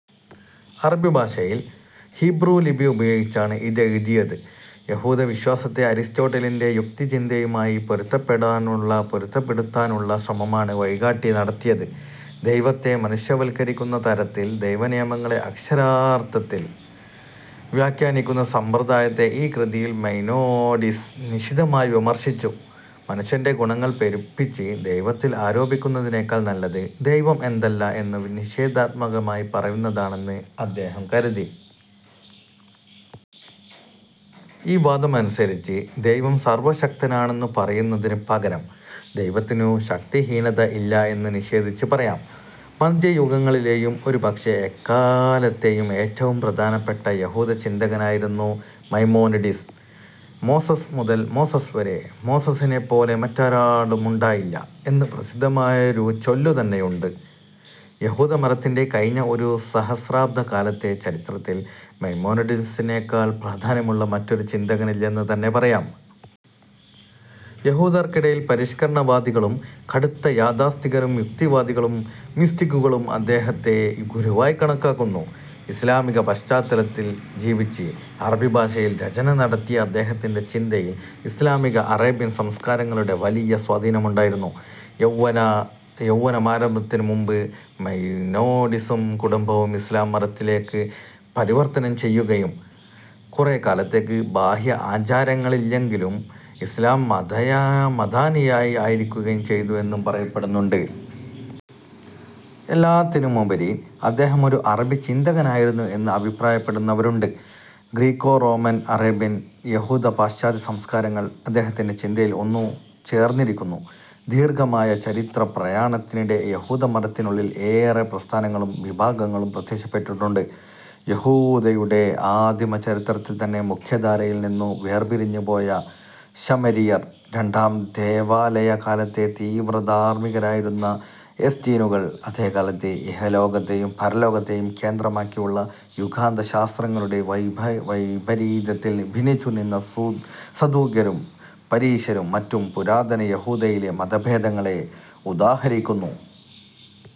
അറബി ഭാഷയിൽ, ഹീബ്രൂ ലിപി ഉപയോഗിച്ചാണ് ഇതെഴുതിയത്. യഹൂദവിശ്വാസത്തെ അരിസ്റ്റോട്ടലിന്റെ യുക്തിചിന്തയുമായി പൊരുത്തപ്പെടുത്താനുള്ള ശ്രമമാണ് 'വഴികാട്ടി' നടത്തിയത്. ദൈവത്തെ മനുഷ്യവൽക്കരിക്കുന്ന തരത്തിൽ ദൈവനിയമങ്ങളെ അക്ഷരാർഥത്തിൽ വ്യാഖ്യാനിക്കുന്ന സമ്പ്രദായത്തെ ഈ കൃതിയിൽ മൈമോനിഡിസ് നിശിതമായി വിമർശിച്ചു. മനുഷ്യന്റെ ഗുണങ്ങൾ പെരുപ്പിച്ച് ദൈവത്തിൽ അരോപിക്കുന്നതിനേക്കാൾ നല്ലത്, ദൈവം എന്തല്ല എന്നു നിഷേധാത്മകമായി പറയുന്നതാണെന്ന് അദ്ദേഹം കരുതി. ഈ വാദം അനുസരിച്ച്, ദൈവം സർവശക്തനാണെന്നു പറയുന്നതിനു പകരം "ദൈവത്തിനു ശക്തിഹീനത ഇല്ല" എന്നു നിഷേധിച്ച് പറയാം. മദ്ധ്യയുഗങ്ങളിലെയും, ഒരുപക്ഷേ എക്കാലത്തേയും, ഏറ്റവും പ്രധാനപ്പെട്ട യഹൂദചിന്തകനായിരുന്നു മൈമോനിഡിസ്. "മോസസ് മുതൽ മോസസ് വരെ മോസസിനെപ്പോലെ മറ്റൊരാളുമുണ്ടായില്ല" എന്ന് പ്രസിദ്ധമായൊരു ചൊല്ലു തന്നെയുണ്ട്. യഹൂദമതത്തിന്റെ കഴിഞ്ഞ ഒരു സഹസ്രാബ്ദക്കാലത്തെ ചരിത്രത്തിൽ മൈമോനിഡിസിനെക്കാൾ പ്രധാന്യമുള്ള മറ്റൊരു ചിന്തകനില്ലെന്നുതന്നെ പറയാം. യഹൂദർക്കിടയിൽ പരിഷ്കരണവാദികളും കടുത്ത യാഥാസ്ഥിതികരും യുക്തിവാദികളും മിസ്റ്റിക്കുകളും അദ്ദേഹത്തെ ഗുരുവായി കണക്കാക്കുന്നു. ഇസ്ലാമിക പാശ്ചാത്തലത്തിൽ ജീവിച്ച് അറബി ഭാഷയിൽ രചനനടത്തിയ അദ്ദേഹത്തിന്റെ ചിന്തയിൽ ഇസ്ലാമിക-അറേബ്യൻ സംസ്കാരങ്ങളുടെ വലിയ സ്വാധീനമുണ്ടായിരുന്നു. യൗവനാരംഭത്തിനുമുൻപ് മൈമോനിഡിസും കുടുംബവും ഇസ്ലാം മതത്തിലേക്ക് പരിവർത്തനം ചെയ്യുകയും കുറേക്കാലത്തേക്ക്, ബാഹ്യ ആചാരങ്ങളിലെങ്കിലും ഇസ്ലാം മതാനുയായി ആയിരിക്കുകയും ചെയ്തു എന്നും പറയപ്പെടുന്നുണ്ട് എല്ലാത്തിനുമുപരി അദ്ദേഹം ഒരു അറബി ചിന്തകനായിരുന്നു എന്ന് അഭിപ്രായപ്പെടുന്നവരുണ്ട്. ഗ്രീക്കോറോമൻ, അറേബ്യൻ, യഹൂദ, പാശ്ചാത്യ സംസ്കാരങ്ങൾ അദ്ദേഹത്തിന്റെ ചിന്തയിൽ ഒന്നുചേർന്നിരിക്കുന്നു. ദീർഘമായ ചരിത്രപ്രയാണത്തിനിടെ യഹുദമതത്തിനുള്ളിൽ ഏറെ പ്രസ്ഥാനങ്ങളും വിഭാഗങ്ങളും പ്രത്യക്ഷപ്പെട്ടിട്ടുണ്ട്. യഹൂദതയുടെ ആദിമചരിത്രത്തിൽ തന്നെ മുഖ്യധാരയിൽ നിന്നു വേർപിരിഞ്ഞുപോയ ശമരിയർ, രണ്ടാംദേവാലയകാലത്തെ തീവ്രധാർമ്മികരായിരുന്ന എസ്സീനുകൾ, അതേകാലത്ത് ഇഹലോകത്തേയും പരലോകത്തേയും കേന്ദ്രമാക്കിയുള്ള യുഗാന്തശാസ്ത്രങ്ങളുടെ വൈപരീത്യത്തിൽ ഭിന്നിച്ചു നിന്ന സദൂക്യരും പരീശരും മറ്റും പുരാതനയഹൂദതയിലെ മതഭേദങ്ങളെ ഉദാഹരിക്കുന്നു.